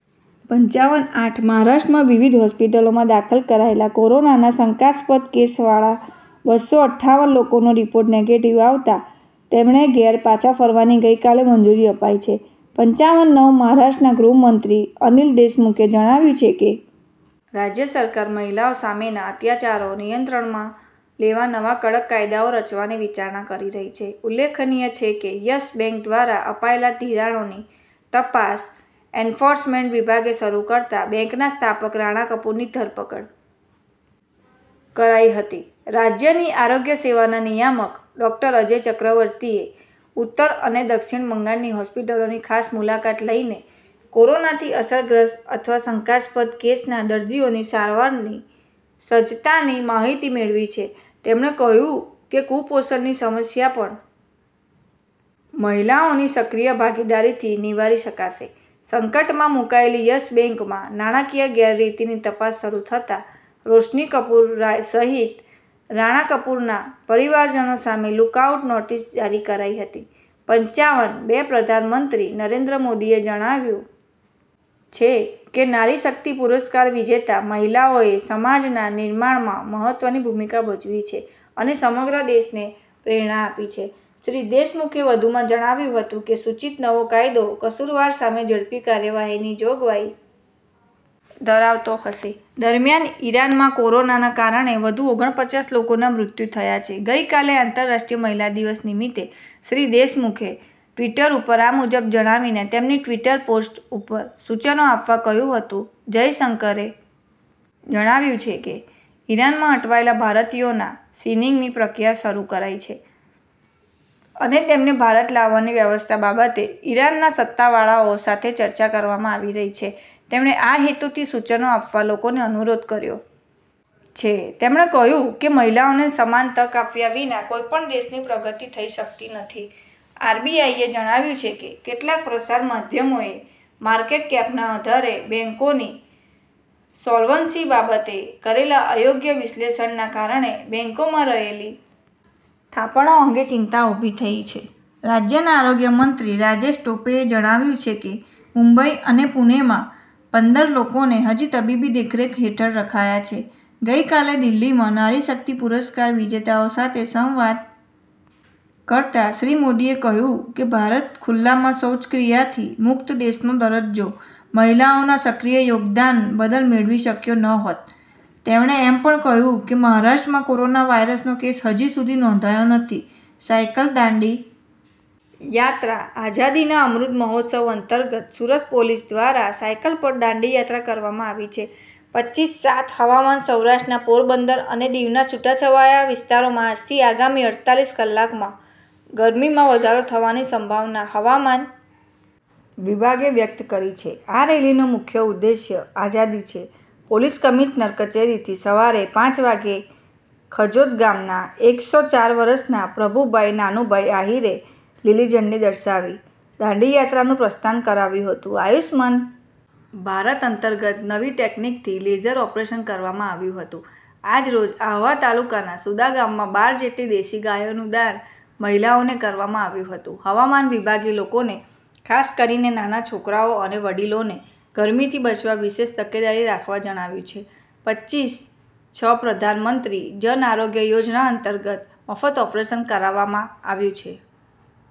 પંચાવન આઠ મહારાષ્ટ્રમાં વિવિધ હોસ્પિટલોમાં દાખલ કરાયેલા કોરોનાના શંકાસ્પદ કેસવાળા બસ્સો અઠ્ઠાવન લોકોનો રિપોર્ટ નેગેટિવ આવતા તેમણે ઘેર પાછા ફરવાની ગઈકાલે મંજુરી અપાઈ છે પંચાવન નવ મહારાષ્ટ્રના ગૃહમંત્રી અનિલ દેશમુખે જણાવ્યું છે કે રાજ્ય સરકાર મહિલાઓ સામેના અત્યાચારો નિયંત્રણમાં લેવા નવા કડક કાયદો રચવાની વિચારણા કરી રહી છે ઉલ્લેખનીય છે કે યસ બેન્ક દ્વારા અપાયેલા ધિરાણોની તપાસ એન્ફોર્સમેન્ટ વિભાગે શરૂ કરતાં બેન્કના સ્થાપક રાણા કપૂરની ધરપકડ કરાઈ હતી રાજ્યની આરોગ્ય સેવાના નિયામક ડોક્ટર અજય ચક્રવર્તીએ ઉત્તર અને દક્ષિણ બંગાળની હોસ્પિટલોની મુલાકાત લઈને કોરોનાથી અસરગ્રસ્ત અથવા શંકાસ્પદ કેસના દર્દીઓની સારવારની સજ્જતાની માહિતી મેળવી છે તેમણે કહ્યું કે કુપોષણની સમસ્યા પણ મહિલાઓની સક્રિય ભાગીદારીથી નિવારી શકાશે સંકટમાં મુકાયેલી યસ બેન્કમાં નાણાંકીય ગેરરીતિની તપાસ શરૂ થતાં રોશની કપુર સહિત રાણા કપૂરના પરિવારજનો સામે લૂક આઉટ નોટિસ જારી કરાઈ હતી પંચાવન બે પ્રધાનમંત્રી નરેન્દ્ર મોદીએ જણાવ્યું છે કે નારી શક્તિ પુરસ્કાર વિજેતા મહિલાઓએ સમાજના નિર્માણમાં મહત્વની ભૂમિકા ભજવી છે અને સમગ્ર દેશને પ્રેરણા આપી છે શ્રી દેશમુખે વધુમાં જણાવ્યું હતું કે સૂચિત નવો કાયદો કસૂરવાર સામે ઝડપી કાર્યવાહીની જોગવાઈ ધરાવતો હશે દરમિયાન ઇરાનમાં કોરોનાના કારણે વધુ ઓગણપચાસ લોકોના મૃત્યુ થયા છે ગઈકાલે આંતરરાષ્ટ્રીય મહિલા દિવસ નિમિત્તે શ્રી દેશમુખે ટવીટર ઉપર આ મુજબ જણાવીને તેમની ટવીટર પોસ્ટ ઉપર સૂચનો આપવા કહ્યું હતું જયશંકરે જણાવ્યું છે કે ઇરાનમાં અટવાયેલા ભારતીયોના સિનિંગની પ્રક્રિયા શરૂ કરાઈ છે અને તેમને ભારત લાવવાની વ્યવસ્થા બાબતે ઇરાનના સત્તાવાળાઓ સાથે ચર્ચા કરવામાં આવી રહી છે તેમણે આ હેતુથી સૂચનો આપવા લોકોને અનુરોધ કર્યો છે તેમણે કહ્યું કે મહિલાઓને સમાન તક આપ્યા વિના કોઈપણ દેશની પ્રગતિ થઈ શકતી નથી આરબીઆઈએ જણાવ્યું છે કે કેટલાંક પ્રસાર માધ્યમોએ માર્કેટકેપના આધારે બેન્કોની સોલ્વન્સી બાબતે કરેલા અયોગ્ય વિશ્લેષણના કારણે બેન્કોમાં રહેલી થાપણો અંગે ચિંતા ઊભી થઈ છે રાજ્યના આરોગ્યમંત્રી રાજેશ ટોપે એ જણાવ્યું છે કે મુંબઈ અને પૂણેમાં પંદર લોકોને હજી તબીબી દેખરેખ હેઠળ રખાયા છે ગઈકાલે દિલ્હીમાં નારી શક્તિ પુરસ્કાર વિજેતાઓ સાથે સંવાદ કરતાં શ્રી મોદીએ કહ્યું કે ભારત ખૂલ્લામાં શૌચક્રિયાથી મુક્ત દેશનો દરજ્જો મહિલાઓના સક્રિય યોગદાન બદલ મેળવી શક્યો નહોત તેમણે એમ પણ કહ્યું કે મહારાષ્ટ્રમાં કોરોના વાયરસનો કેસ હજી સુધી નોંધાયો નથી સાયકલ દાંડી યાત્રા આઝાદીના અમૃત મહોત્સવ અંતર્ગત સુરત પોલીસ દ્વારા સાયકલ પર દાંડી યાત્રા કરવામાં આવી છે પચ્ચીસ સાત હવામાન સૌરાષ્ટ્રના પોરબંદર અને દીવના છૂટાછવાયા વિસ્તારોમાં આજથી આગામી અડતાલીસ કલાકમાં ગરમીમાં વધારો થવાની સંભાવના હવામાન વિભાગે વ્યક્ત કરી છે આ રેલીનો મુખ્ય ઉદ્દેશ્ય આઝાદી છે પોલીસ કમિશનર કચેરીથી સવારે પાંચ વાગ્યે ખજોદ ગામના એક સો ચાર વર્ષના પ્રભુભાઈ નાનુભાઈ આહીરે લીલી ઝંડી દર્શાવી દાંડીયાત્રાનું પ્રસ્થાન કરાવ્યું હતું આયુષ્માન ભારત અંતર્ગત નવી ટેકનીકથી લેસર ઓપરેશન કરવામાં આવ્યું હતું આજરોજ આહવા તાલુકાના સુદા ગામમાં બાર જેટલી દેશી ગાયો નું દાન મહિલાઓને કરવામાં આવ્યું હતું હવામાન વિભાગે લોકોને ખાસ કરીને નાના છોકરાઓ અને વડીલોને ગરમીથી બચવા વિશેષ તકેદારી રાખવા જણાવ્યું છે પચ્ચીસ છ પ્રધાનમંત્રી જન આરોગ્ય યોજના અંતર્ગત મફત ઓપરેશન કરવામાં આવ્યું છે।